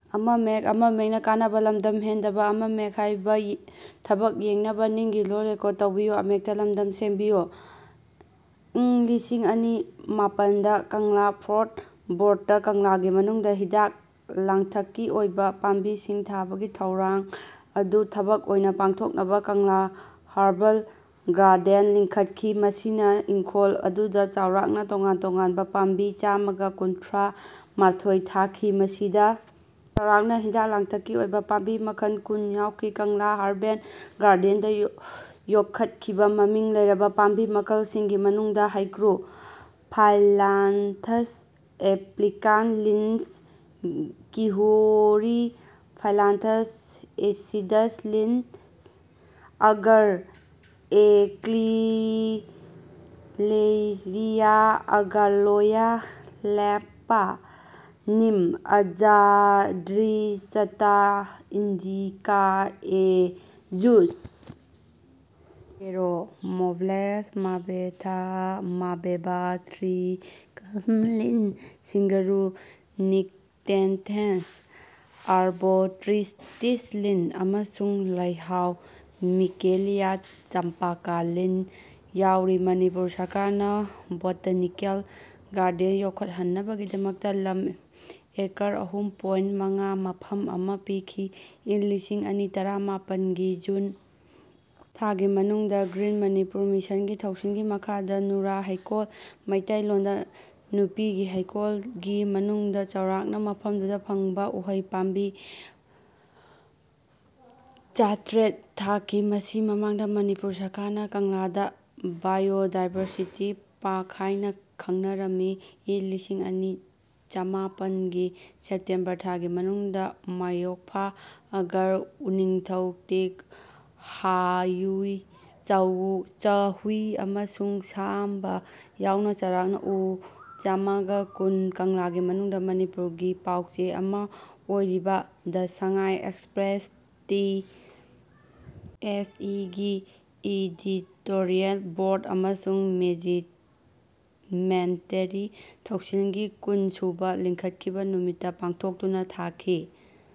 ꯏꯪ ꯂꯤꯁꯤꯡ ꯑꯅꯤ ꯃꯄꯜꯗ, ꯀꯪꯂꯥ ꯐꯣꯔꯠ ꯕꯣꯔꯗꯅ ꯀꯪꯂꯥꯒꯤ ꯃꯅꯨꯡꯗ ꯍꯤꯗꯥꯛ-ꯂꯥꯡꯊꯛꯀꯤ ꯑꯣꯏꯕ ꯄꯥꯝꯕꯤꯁꯤꯡ ꯊꯥꯕꯒꯤ ꯊꯧꯔꯥꯡ ꯑꯗꯨ ꯊꯕꯛ ꯑꯣꯏꯅ ꯄꯥꯡꯊꯣꯛꯅꯕ ꯀꯪꯂꯥ ꯍꯔꯕꯜ ꯒꯥꯔꯗꯦꯟ ꯂꯤꯡꯈꯠꯈꯤ꯫ ꯃꯁꯤꯅ ꯏꯪꯈꯣꯜ ꯑꯗꯨꯗ ꯆꯥꯎꯔꯥꯛꯅ ꯇꯣꯉꯥꯟ-ꯇꯣꯉꯥꯟꯕ ꯄꯥꯝꯕꯤ ꯆꯥꯃꯒ ꯀꯨꯟꯊ꯭ꯔꯥ ꯃꯥꯊꯣꯏ ꯊꯥꯈꯤ (ꯃꯁꯤꯗ ꯆꯥꯎꯔꯥꯛꯅ ꯍꯤꯗꯥꯛ-ꯂꯥꯡꯊꯛꯀꯤ ꯑꯣꯏꯕ ꯄꯥꯝꯕꯤ ꯃꯈꯜ ꯀꯨꯟ ꯌꯥꯎꯈꯤ)꯫ ꯀꯪꯂꯥ ꯍꯔꯕꯜ ꯒꯥꯔꯗꯦꯟꯗ ꯌꯣꯛꯈꯠꯂꯤꯕ ꯃꯃꯤꯡ ꯂꯩꯔꯕ ꯄꯥꯝꯕꯤ ꯃꯈꯜꯁꯤꯡꯒꯤ ꯃꯅꯨꯡꯗ "ꯍꯩꯀ꯭ꯔꯨ" (ꯐꯥꯏꯂꯟꯊꯁ ꯑꯦꯝꯕ꯭ꯂꯤꯀꯥ ꯂꯤꯟ) "ꯀꯤꯍꯣꯔꯤ" (ꯐꯥꯏꯂꯟꯊꯁ ꯑꯦꯁꯤꯗꯁ ꯂꯤꯟ), "ꯑꯒꯔ" (ꯑꯦꯀ꯭ꯋꯤꯂꯦꯔꯤꯌꯥ ꯑꯒꯥꯂꯣꯆꯥ ꯂꯦꯝ꯭ꯄ), "neem" (Azadirachta indica A Juss), "ꯇꯦꯔꯥ" (ꯃꯣꯕꯦꯛ꯭ꯁ ꯃꯂꯦꯕꯥꯊ꯭ꯔꯤꯀꯝ ꯂꯤꯟ), "ꯁꯤꯡꯒꯥꯔꯨ" (ꯅꯤꯛꯇꯦꯟꯊꯦꯁ ꯑꯥꯔꯕꯣꯇ꯭ꯔꯤꯁꯇꯤꯁ ꯂꯤꯟ), ꯑꯃꯁꯨꯡ "ꯂꯩꯍꯥꯎ" (ꯃꯤꯀꯦꯂꯤꯌꯥ ꯆꯝꯄꯥꯀꯥ ꯂꯤꯟ) ꯌꯥꯎꯔꯤ꯫ ꯃꯅꯤꯄꯨꯔ ꯁꯔꯀꯥꯔꯅ ꯕꯣꯇꯥꯅꯤꯀꯦꯜ ꯒꯥꯔꯗꯦꯟ ꯆꯥꯎꯈꯠꯍꯟꯅꯕꯒꯤꯗꯃꯛ ꯂꯝ ꯑꯦꯀꯔ ꯑꯍꯨꯝ ꯄꯣꯏꯟ ꯃꯉꯥ ꯃꯐꯝ ꯑꯃ ꯄꯤꯈꯤ꯫ ꯏꯪ ꯂꯤꯁꯤꯡ ꯑꯅꯤ ꯇꯔꯥꯃꯥꯄꯜ ꯒꯤ ꯖꯨꯟ ꯊꯥꯒꯤ ꯃꯅꯨꯡꯗ ꯒ꯭ꯔꯤꯟ ꯃꯅꯤꯄꯨꯔ ꯃꯤꯁꯟꯒꯤ ꯊꯧꯁꯤꯜꯒꯤ ꯃꯈꯥꯗ ꯅꯨꯔꯥ ꯍꯩꯀꯣꯜ (ꯃꯩꯇꯩ ꯂꯣꯟꯗ "ꯅꯨꯄꯤꯒꯤ ꯍꯩꯀꯣꯜ") ꯒꯤ ꯃꯅꯨꯡꯗ ꯆꯥꯎꯔꯥꯛꯅ ꯃꯐꯝꯗꯨꯗ ꯐꯪꯕ ꯎꯍꯩ ꯄꯥꯟꯕ ꯄꯥꯝꯕꯤ ꯆꯥꯇ꯭ꯔꯦꯠ ꯊꯥꯈꯤ, ꯃꯁꯤ ꯃꯃꯥꯡꯗ ꯃꯅꯤꯄꯨꯔ ꯁꯔꯀꯥꯔꯅ ꯀꯪꯂꯥꯒꯤ "ꯕꯥꯌꯣꯗꯥꯏꯚꯔꯁꯤꯇꯤ ꯄꯥꯔ꯭ꯛ" ꯍꯥꯏꯅ ꯈꯡꯅꯔꯝꯃꯤ꯫ ꯏꯪ ꯂꯤꯁꯤꯡ ꯑꯅꯤ ꯆꯃꯥꯄꯟ ꯒꯤ ꯁꯦꯞꯇꯦꯝꯕꯔ ꯊꯥꯒꯤ ꯃꯅꯨꯡꯗ ꯃꯌꯣꯛꯐꯥ, ꯑꯒꯔ, ꯎꯅꯤꯡꯊꯧ, ꯇꯤꯛ, ꯆꯥꯍꯨꯏ ꯑꯃꯁꯨꯡ ꯁꯥꯝꯕꯥ ꯌꯥꯎꯅ ꯆꯥꯎꯔꯥꯛꯅ ꯎ ꯆꯥꯃꯒ ꯀꯨꯟ ꯀꯪꯂꯥꯒꯤ ꯃꯅꯨꯡꯗ ꯃꯅꯤꯄꯨꯔꯒꯤ ꯄꯥꯎꯆꯦ ꯑꯃ ꯑꯣꯏꯔꯤꯕ "the Sangai Express" (T. S. E.) ꯒꯤ ꯏꯗꯤꯇꯣꯔꯤꯌꯦꯜ ꯕꯣꯔ꯭ꯗ ꯑꯃꯁꯨꯡ ꯃꯦꯅꯦꯖꯃꯦꯟ꯭ꯇꯒꯤ ꯊꯧꯁꯤꯜꯒꯤ ꯀꯨꯟ ꯁꯨꯕ ꯂꯤꯡꯈꯠꯈꯤꯕ ꯅꯨꯃꯤꯠꯇ ꯄꯥꯡꯊꯣꯛꯇꯨꯅ ꯊꯥꯈꯤ꯫